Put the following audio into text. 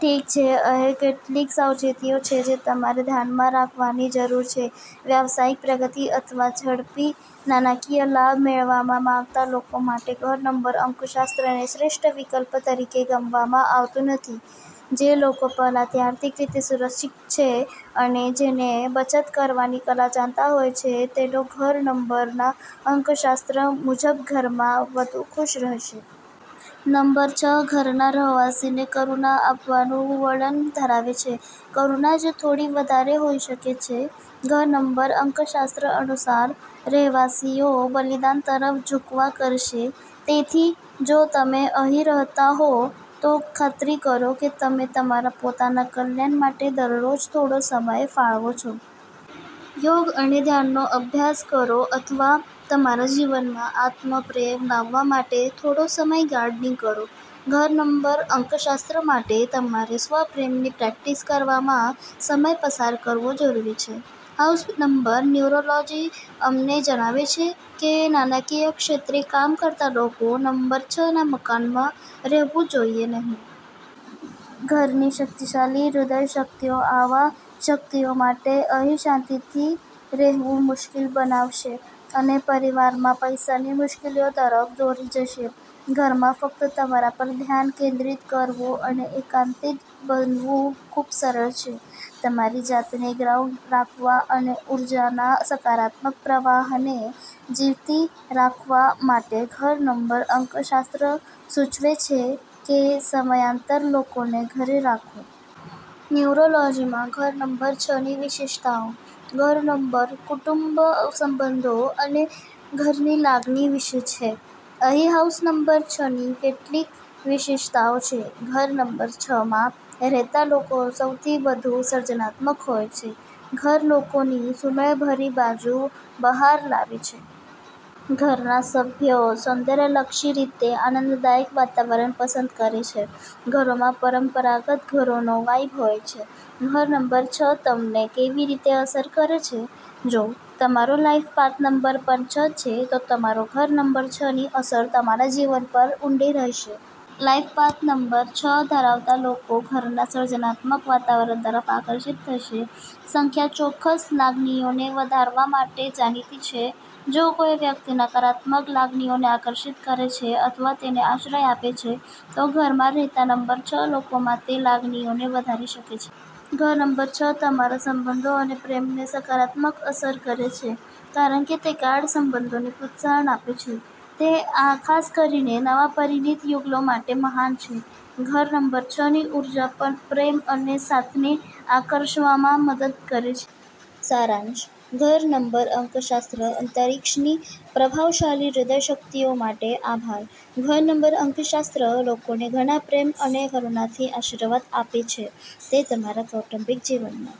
ઠીક છે, અહીં કેટલીક સાવચેતીઓ છે જે તમારે ધ્યાનમાં રાખવાની જરૂર છે. વ્યવસાયિક પ્રગતિ અથવા ઝડપી નાણાકીય લાભ મેળવવા માંગતા લોકો માટે ઘર નંબર અંકશાસ્ત્રને શ્રેષ્ઠ વિકલ્પ તરીકે ગણવામાં આવતો નથી. જે લોકો પહેલાથી આર્થિક રીતે સુરક્ષિત છે અને જેઓ બચત કરવાની કળા જાણતા હોય છે, તેઓ ઘર નંબરના અંકશાસ્ત્ર મુજબ ઘરમાં વધુ ખુશ રહેશે. નંબર છ ઘરના રહેવાસીને કરુણા આપવાનું વલણ ધરાવે છે, કરુણા જે થોડી વધારે હોઈ શકે છે. ઘર નંબર અંકશાસ્ત્ર અનુસાર, રહેવાસીઓ બલિદાન તરફ ઝુકાવ કરશે. તેથી જો તમે અહીં રહેતા હોવ, તો ખાતરી કરો કે તમે તમારા પોતાના કલ્યાણ માટે દરરોજ થોડો સમય ફાળવો છો. યોગ અને ધ્યાનનો અભ્યાસ કરો અથવા તમારા જીવનમાં આત્મ-પ્રેમ લાવવા માટે થોડો સમય ગાર્ડનિંગ કરો. ઘર નંબર અંકશાસ્ત્ર માટે તમારે સ્વ-પ્રેમની પ્રેક્ટિસ કરવામાં સમય પસાર કરવો જરૂરી છે. હાઉસ નંબર ન્યુમેરોલોજી અમને જણાવે છે કે નાણાંકીય ક્ષેત્રે કામ કરતા લોકો નંબર છના મકાનમાં રહેવું જોઈએ નહીં. ઘરની શક્તિશાળી હ્રદય શક્તિઓ આવા વ્યક્તિઓ માટે અહીં શાંતિથી રહેવું મુશ્કેલ બનાવશે, અને પરિવારમાં પૈસાની મુશ્કેલીઓ તરફ દોરી જશે. ઘરમાં ફક્ત તમારા પર ધ્યાન કેન્દ્રિત કરવું અને એકાંતિક બનવું ખૂબ સરળ છે. તમારી જાતને ગ્રાઉન્ડ રાખવા અને ઉર્જાના સકારાત્મક પ્રવાહને જાળવી રાખવા માટે, ઘર નંબર અંકશાસ્ત્ર સૂચવે છે કે સમયાંતરે લોકોને ઘરે રાખો. ન્યુમેરોલોજીમાં ઘર નંબર છની વિશેષતાઓ. ઘર નંબર કુટુંબ, સંબંધો અને ઘરની લાગણી વિશે છે. અહીં હાઉસ નંબર છની કેટલીક વિશેષતાઓ છે. ઘર નંબર છમાં રહેતા લોકો સૌથી વધુ સર્જનાત્મક હોય છે. ઘર લોકોની સુમેળભરી બાજુ બહાર લાવે છે. ઘરના સભ્યો સૌંદર્યલક્ષી રીતે આનંદદાયક વાતાવરણ પસંદ કરે છે. ઘરોમાં પરંપરાગત ઘરોનો વાઇબ હોય છે. ઘર નંબર છ તમને કેવી રીતે અસર કરે છે? જો તમારો લાઈફ પાથ નંબર પણ છ છે તો ઘર નંબર છની અસર તમારા જીવન પર ઊંડી રહેશે. લાઈફ પાથ નંબર છ ધરાવતા લોકો ઘરના સર્જનાત્મક વાતાવરણ તરફ આકર્ષિત થશે. સંખ્યા ચોક્કસ લાગણીઓને વધારવા માટે જાણીતી છે. જો કોઈ વ્યક્તિ નકારાત્મક લાગણીઓને આકર્ષિત કરે છે અથવા તેને આશ્રય આપે છે, તો ઘરમાં રહેતા, નંબર છ લોકોમાં તે લાગણીઓને વધારી શકે છે. ઘર નંબર છ તમારા સંબંધો અને પ્રેમને સકારાત્મક અસર કરે છે, કારણ કે તે ગાઢ સંબંધોને પ્રોત્સાહન આપે છે. તે ખાસ કરીને નવા પરિણીત યુગલો માટે મહાન છે. ઘર નંબર છની ઉર્જા પણ પ્રેમ અને સાથને આકર્ષવામાં મદદ કરે છે. સારાંશ. ઘર નંબર અંકશાસ્ત્ર અંતરિક્ષની પ્રભાવશાળી હૃદય શક્તિઓ માટે આભાર, ઘર નંબર અંકશાસ્ત્ર લોકોને ઘણા પ્રેમ અને કરુણાથી આશીર્વાદ આપે છે. તે તમારા કૌટુંબિક જીવનમાં